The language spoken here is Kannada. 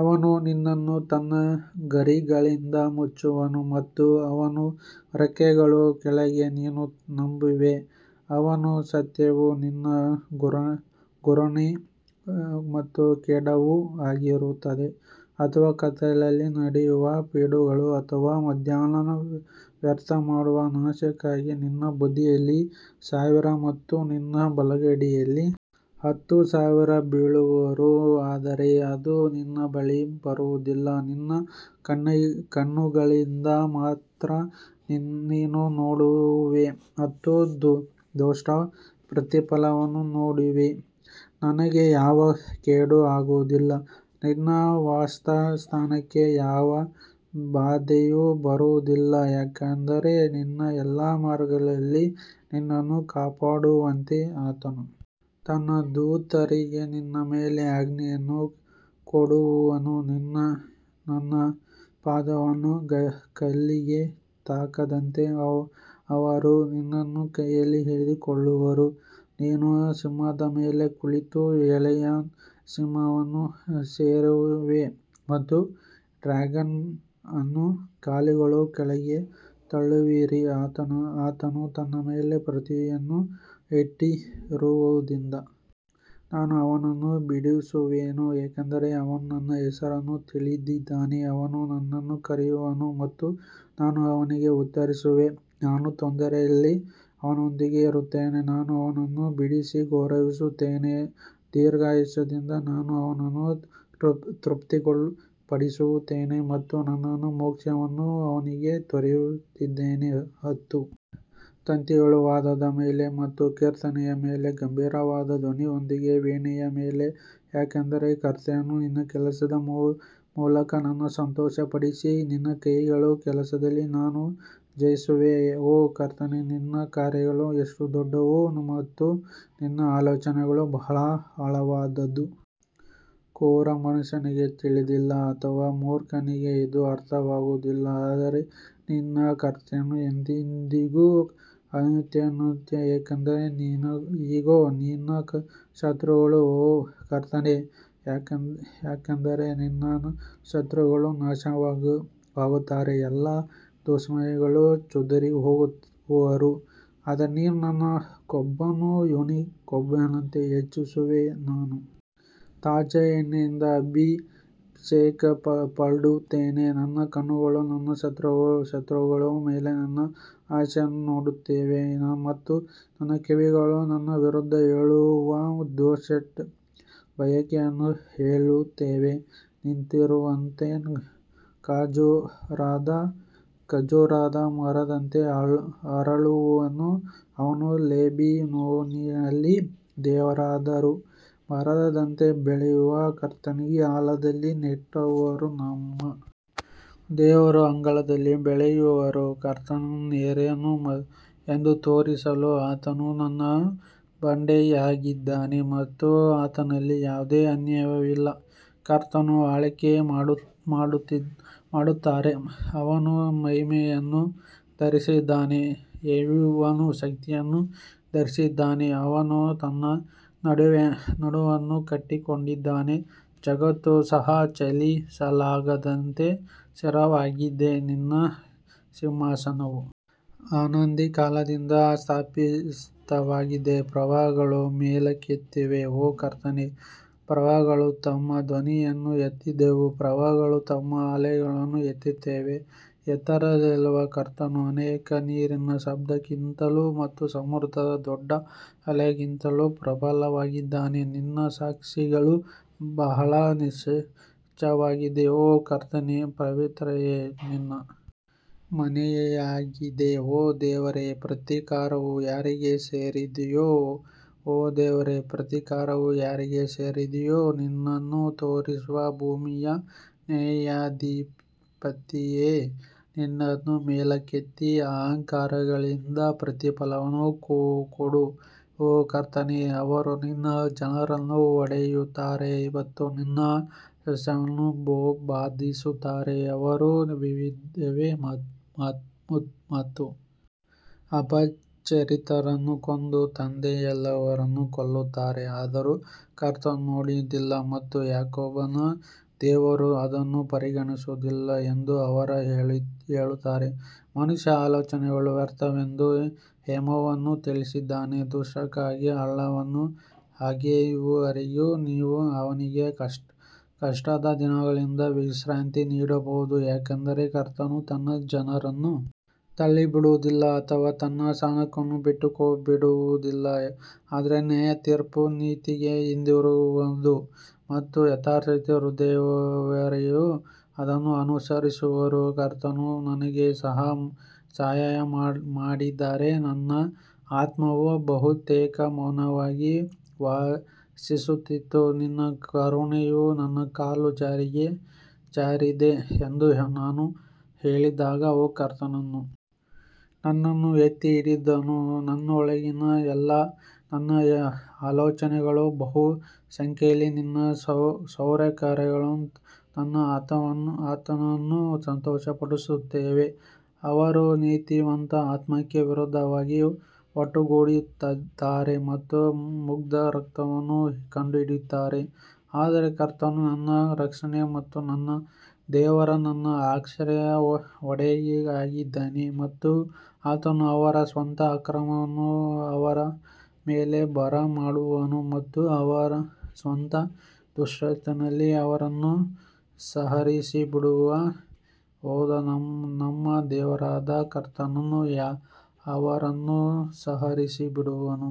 ಅವನು ನಿನ್ನನ್ನು ತನ್ನ ಗರಿಗಳಿಂದ ಮುಚ್ಚುವನು ಮತ್ತು ಅವನ ರೆಕ್ಕೆಗಳ ಕೆಳಗೆ ನೀನು ನಂಬುವೆ ಅವನ ಸತ್ಯವು ನಿನ್ನ ಗುರಾಣಿ ಮತ್ತು ಖೇಡ್ಯಾವು ಆಗಿರುತ್ತದೆ ಅಥವಾ ಕತ್ತಲೆಯಲ್ಲಿ ನಡೆಯುವ ಪಿಡುಗಾಗಿ ಅಥವಾ ಮಧ್ಯಾಹ್ನ ವ್ಯರ್ಥ ಮಾಡುವ ನಾಶಕ್ಕಾಗಿ ನಿನ್ನ ಬದಿಯಲ್ಲಿ ಸಾವಿರ ಮತ್ತು ನಿನ್ನ ಬಲಗಡೆಯಲ್ಲಿ ಹತ್ತು ಸಾವಿರ ಬೀಳುವರು ಆದರೆ ಅದು ನಿನ್ನ ಬಳಿಗೆ ಬರುವುದಿಲ್ಲ ನಿನ್ನ ಕಣ್ಣುಗಳಿಂದ ಮಾತ್ರ ನೀನು ನೋಡುವೆ ಮತ್ತು ದುಷ್ಟರ ಪ್ರತಿಫಲವನ್ನು ನೋಡುವಿ ನಿನಗೆ ಯಾವ ಕೇಡೂ ಆಗುವದಿಲ್ಲ, ನಿನ್ನ ವಾಸಸ್ಥಾನಕ್ಕೆ ಯಾವ ಬಾಧೆಯೂ ಬರುವುದಿಲ್ಲ ಯಾಕಂದರೆ ನಿನ್ನ ಎಲ್ಲಾ ಮಾರ್ಗಗಳಲ್ಲಿ ನಿನ್ನನ್ನು ಕಾಪಾಡುವಂತೆ ಆತನು ತನ್ನ ದೂತರಿಗೆ ನಿನ್ನ ಮೇಲೆ ಆಜ್ಞೆಯನ್ನು ಕೊಡುವನು ನೀನು ನಿನ್ನ ಪಾದವನ್ನು ಕಲ್ಲಿಗೆ ತಾಗದಂತೆ ಅವರು ನಿನ್ನನ್ನು ಕೈಯಲ್ಲಿ ಹಿಡಿದುಕೊಳ್ಳುವರು ನೀನು ಸಿಂಹದ ಮೇಲೆ ತುಳಿದು ಎಳೆಯ ಸಿಂಹವನ್ನು ಸೇರಿಸುವೆ ಮತ್ತು ಡ್ರ್ಯಾಗನ್ ಅನ್ನು ಕಾಲುಗಳ ಕೆಳಗೆ ತುಳಿಯುವಿರಿ ಆತನು ನನ್ನ ಮೇಲೆ ಪ್ರೀತಿಯನ್ನು ಇಟ್ಟಿರುವದರಿಂದ ನಾನು ಅವನನ್ನು ಬಿಡಿಸುವೆನು, ಏಕೆಂದರೆ ಅವನು ನನ್ನ ಹೆಸರನ್ನು ತಿಳಿದಿದ್ದಾನೆ ಅವನು ನನ್ನನ್ನು ಕರೆಯುವನು ಮತ್ತು ನಾನು ಅವನಿಗೆ ಉತ್ತರಿಸುವೆನು, ನಾನು ತೊಂದರೆಯಲ್ಲಿ ಅವನೊಂದಿಗೆ ಇರುತ್ತೇನೆ ನಾನು ಅವನನ್ನು ಬಿಡಿಸಿ ಗೌರವಿಸುತ್ತೇನೆ ದೀರ್ಘಾಯುಷ್ಯದಿಂದ ನಾನು ಅವನನ್ನು ತೃಪ್ತಿಪಡಿಸುತ್ತೇನೆ ಮತ್ತು ನನ್ನ ಮೋಕ್ಷವನ್ನು ಅವನಿಗೆ ತೋರಿಸುತ್ತೇನೆ ಹತ್ತು ತಂತಿಗಳ ವಾದ್ಯದ ಮೇಲೆ ಮತ್ತು ಕೀರ್ತನೆಯ ಮೇಲೆ ಗಂಭೀರವಾದ ಧ್ವನಿಯೊಂದಿಗೆ ವೀಣೆಯ ಮೇಲೆ ಯಾಕಂದರೆ ಕರ್ತನು ನಿನ್ನ ಕೆಲಸದ ಮೂಲಕ ನನ್ನನ್ನು ಸಂತೋಷಪಡಿಸಿದ್ದೀ, ನಿನ್ನ ಕೈಗಳ ಕೆಲಸದಲ್ಲಿ ನಾನು ಜಯಿಸುವೆನು ಓ ಕರ್ತನೇ ನಿನ್ನ ಕಾರ್ಯಗಳು ಎಷ್ಟು ದೊಡ್ಡವು ಮತ್ತು ನಿನ್ನ ಆಲೋಚನೆಗಳು ಬಹಳ ಆಳವಾದವು ಕ್ರೂರ ಮನುಷ್ಯನಿಗೆ ತಿಳಿದಿಲ್ಲ ಅಥವಾ ಮೂರ್ಖನಿಗೆ ಇದು ಅರ್ಥವಾಗುವುದಿಲ್ಲ ಆದರೆ ನೀನು ಕರ್ತನು ಎಂದೆಂದಿಗೂ ಅತ್ಯುನ್ನತನು ಯಾಕಂದರೆ ಇಗೋ ನಿನ್ನ ಶತ್ರುಗಳು ಓ ಕರ್ತನೇ ಯಾಕಂದರೆ ನಿನ್ನ ಶತ್ರುಗಳು ನಾಶವಾಗುತ್ತಾರೆ ಎಲ್ಲಾ ದುಷ್ಕರ್ಮಿಗಳು ಚದುರಿಹೋಗುವರು ಆದರೆ ನೀನು ನನ್ನ ಕೊಂಬನ್ನು ಯುನಿಕಾರ್ನ್ನ ಕೊಂಬಿನಂತೆ ಹೆಚ್ಚಿಸುವೆ, ನಾನು ತಾಜಾ ಎಣ್ಣೆಯಿಂದ ಅಭಿಷೇಕಿಸಲ್ಪಡುತ್ತೇನೆ ನನ್ನ ಕಣ್ಣುಗಳು ನನ್ನ ಶತ್ರುಗಳ ಮೇಲೆ ನನ್ನ ಆಸೆಯನ್ನು ನೋಡುತ್ತವೆ ಮತ್ತು ನನ್ನ ಕಿವಿಗಳು ನನ್ನ ವಿರುದ್ಧ ಏಳುವ ದುಷ್ಟರ ಬಯಕೆಯನ್ನು ಕೇಳುತ್ತವೆ ನೀತಿವಂತನು ಖರ್ಜೂರದ ಮರದಂತೆ ಅರಳುವನು, ಅವನು ಲೆಬನೋನಿನಲ್ಲಿ ದೇವದಾರು ಮರದಂತೆ ಬೆಳೆಯುವನು ಕರ್ತನ ಆಲಯದಲ್ಲಿ ನೆಟ್ಟವರು ನಮ್ಮ ದೇವರ ಅಂಗಳದಲ್ಲಿ ಬೆಳೆಯುವರು ಕರ್ತನು ನೇರನು ಎಂದು ತೋರಿಸಲು ಆತನು ನನ್ನ ಬಂಡೆಯಾಗಿದ್ದಾನೆ ಮತ್ತು ಆತನಲ್ಲಿ ಯಾವುದೇ ಅನ್ಯಾಯವಿಲ್ಲ ಕರ್ತನು ಆಳ್ವಿಕೆ ಮಾಡುತ್ತಾನೆ, ಅವನು ಮಹಿಮೆಯನ್ನು ಧರಿಸಿದ್ದಾನೆ, ಯೆಹೋವನು ಶಕ್ತಿಯನ್ನು ಧರಿಸಿದ್ದಾನೆ, ಅವನು ತನ್ನ ನಡುವನ್ನು ಕಟ್ಟಿಕೊಂಡಿದ್ದಾನೆ, ಜಗತ್ತು ಸಹ ಚಲಿಸಲಾರದಂತೆ ಸ್ಥಿರವಾಗಿದೆ ನಿನ್ನ ಸಿಂಹಾಸನವು ಅನಾದಿ ಕಾಲದಿಂದ ಸ್ಥಾಪಿತವಾಗಿದೆ ಪ್ರವಾಹಗಳು ಮೇಲಕ್ಕೆತ್ತಿವೆ ಓ ಕರ್ತನೇ ಪ್ರವಾಹಗಳು ತಮ್ಮ ಧ್ವನಿಯನ್ನು ಎತ್ತಿದವು ಪ್ರವಾಹಗಳು ತಮ್ಮ ಅಲೆಗಳನ್ನು ಎತ್ತುತ್ತವೆ ಎತ್ತರದಲ್ಲಿರುವ ಕರ್ತನು ಅನೇಕ ನೀರಿನ ಶಬ್ದಕ್ಕಿಂತಲೂ ಮತ್ತು ಸಮುದ್ರದ ದೊಡ್ಡ ಅಲೆಗಳಿಗಿಂತ ಪ್ರಬಲನಾಗಿದ್ದಾನೆ ನಿನ್ನ ಸಾಕ್ಷಿಗಳು ಬಹಳ ನಿಶ್ಚಯವಾಗಿವೆ ಓ ಕರ್ತನೇ ಪವಿತ್ರತೆಯು ನಿನ್ನ ಮನೆಯಾಗಿದೆ ಓ ದೇವರೇ, ಪ್ರತೀಕಾರವು ಯಾರಿಗೆ ಸೇರಿದೆಯೋ ಓ ದೇವರೇ, ಪ್ರತೀಕಾರವು ಯಾರಿಗೆ ಸೇರಿದೆಯೋ, ನಿನ್ನನ್ನು ತೋರಿಸು ಭೂಮಿಯ ನ್ಯಾಯಾಧಿಪತಿಯೇ ನಿನ್ನನ್ನು ಮೇಲಕ್ಕೆತ್ತಿ ಅಹಂಕಾರಿಗಳಿಗೆ ಪ್ರತಿಫಲವನ್ನು ಕೊಡು ಓ ಕರ್ತನೇ, ಅವರು ನಿನ್ನ ಜನರನ್ನು ಒಡೆಯುತ್ತಾರೆ ಮತ್ತು ನಿನ್ನ ಸ್ವಾಸ್ತ್ಯವನ್ನು ಬಾಧಿಸುತ್ತಾರೆ ಅವರು ವಿಧವೆ ಮತ್ತು ಅಪರಿಚಿತರನ್ನು ಕೊಂದು ತಂದೆಯಿಲ್ಲದವರನ್ನು ಕೊಲ್ಲುತ್ತಾರೆ ಆದರೂ ಕರ್ತನು ನೋಡುವುದಿಲ್ಲ ಮತ್ತು ಯಾಕೋಬನ ದೇವರು ಅದನ್ನು ಪರಿಗಣಿಸುವುದಿಲ್ಲ ಎಂದು ಅವರು ಹೇಳುತ್ತಾರೆ ಮನುಷ್ಯನ ಆಲೋಚನೆಗಳು ವ್ಯರ್ಥವೆಂದು ಯೆಹೋವನು ತಿಳಿದಿದ್ದಾನೆ ದುಷ್ಟರಿಗಾಗಿ ಹಳ್ಳವನ್ನು ಅಗೆಯುವವರೆಗೂ ನೀವು ಅವನಿಗೆ ಕಷ್ಟದ ದಿನಗಳಿಂದ ವಿಶ್ರಾಂತಿ ನೀಡಬಹುದು ಯಾಕಂದರೆ ಕರ್ತನು ತನ್ನ ಜನರನ್ನು ತಳ್ಳಿಬಿಡುವುದಿಲ್ಲ ಅಥವಾ ತನ್ನ ಸ್ವಾಸ್ತ್ಯವನ್ನು ಬಿಟ್ಟುಬಿಡುವುದಿಲ್ಲ ಆದರೆ ನ್ಯಾಯತೀರ್ಪು ನೀತಿಗೆ ಹಿಂದಿರುಗುವದು ಮತ್ತು ಯಥಾರ್ಥ ಹೃದಯದವರೆಲ್ಲರೂ ಅದನ್ನು ಅನುಸರಿಸುವರು ಕರ್ತನು ನನಗೆ ಸಹಾಯ ಮಾಡದಿದ್ದರೆ ನನ್ನ ಆತ್ಮವು ಬಹುತೇಕ ಮೌನವಾಗಿ ವಾಸಿಸುತ್ತಿತ್ತು ನಿನ್ನ ಕರುಣೆಯು ನನ್ನ ಕಾಲು ಜಾರಿದೆ ಎಂದು ನಾನು ಹೇಳಿದಾಗ ಓ ಕರ್ತನು ನನ್ನನ್ನು ಎತ್ತಿ ಹಿಡಿದನು ನನ್ನೊಳಗಿನ ನನ್ನ ಆಲೋಚನೆಗಳ ಬಹುಸಂಖ್ಯೆಯಲ್ಲಿ ನಿನ್ನ ಸೌಕರ್ಯಗಳು ನನ್ನ ಆತ್ಮವನ್ನು ಸಂತೋಷಪಡಿಸುತ್ತವೆ ಅವರು ನೀತಿವಂತರ ಆತ್ಮಕ್ಕೆ ವಿರುದ್ಧವಾಗಿ ಒಟ್ಟುಗೂಡುತ್ತಾರೆ ಮತ್ತು ಮುಗ್ಧ ರಕ್ತವನ್ನು ಖಂಡಿಸುತ್ತಾರೆ ಆದರೆ ಕರ್ತನು ನನ್ನ ರಕ್ಷಣೆ ಮತ್ತು ನನ್ನ ದೇವರು ನನ್ನ ಆಶ್ರಯದ ಬಂಡೆಯಾಗಿದ್ದಾನೆ ಮತ್ತು ಆತನು ಅವರ ಸ್ವಂತ ಅಕ್ರಮವನ್ನು ಅವರ ಮೇಲೆ ಬರಮಾಡುವನು ಮತ್ತು ಅವರ ಸ್ವಂತ ದುಷ್ಟತನದಲ್ಲಿ ಅವರನ್ನು ಸಂಹರಿಸಿಬಿಡುವನು, ಹೌದು ನಮ್ಮ ದೇವರಾದ ಕರ್ತನು ಅವರನ್ನು ಸಂಹರಿಸಿಬಿಡುವನು.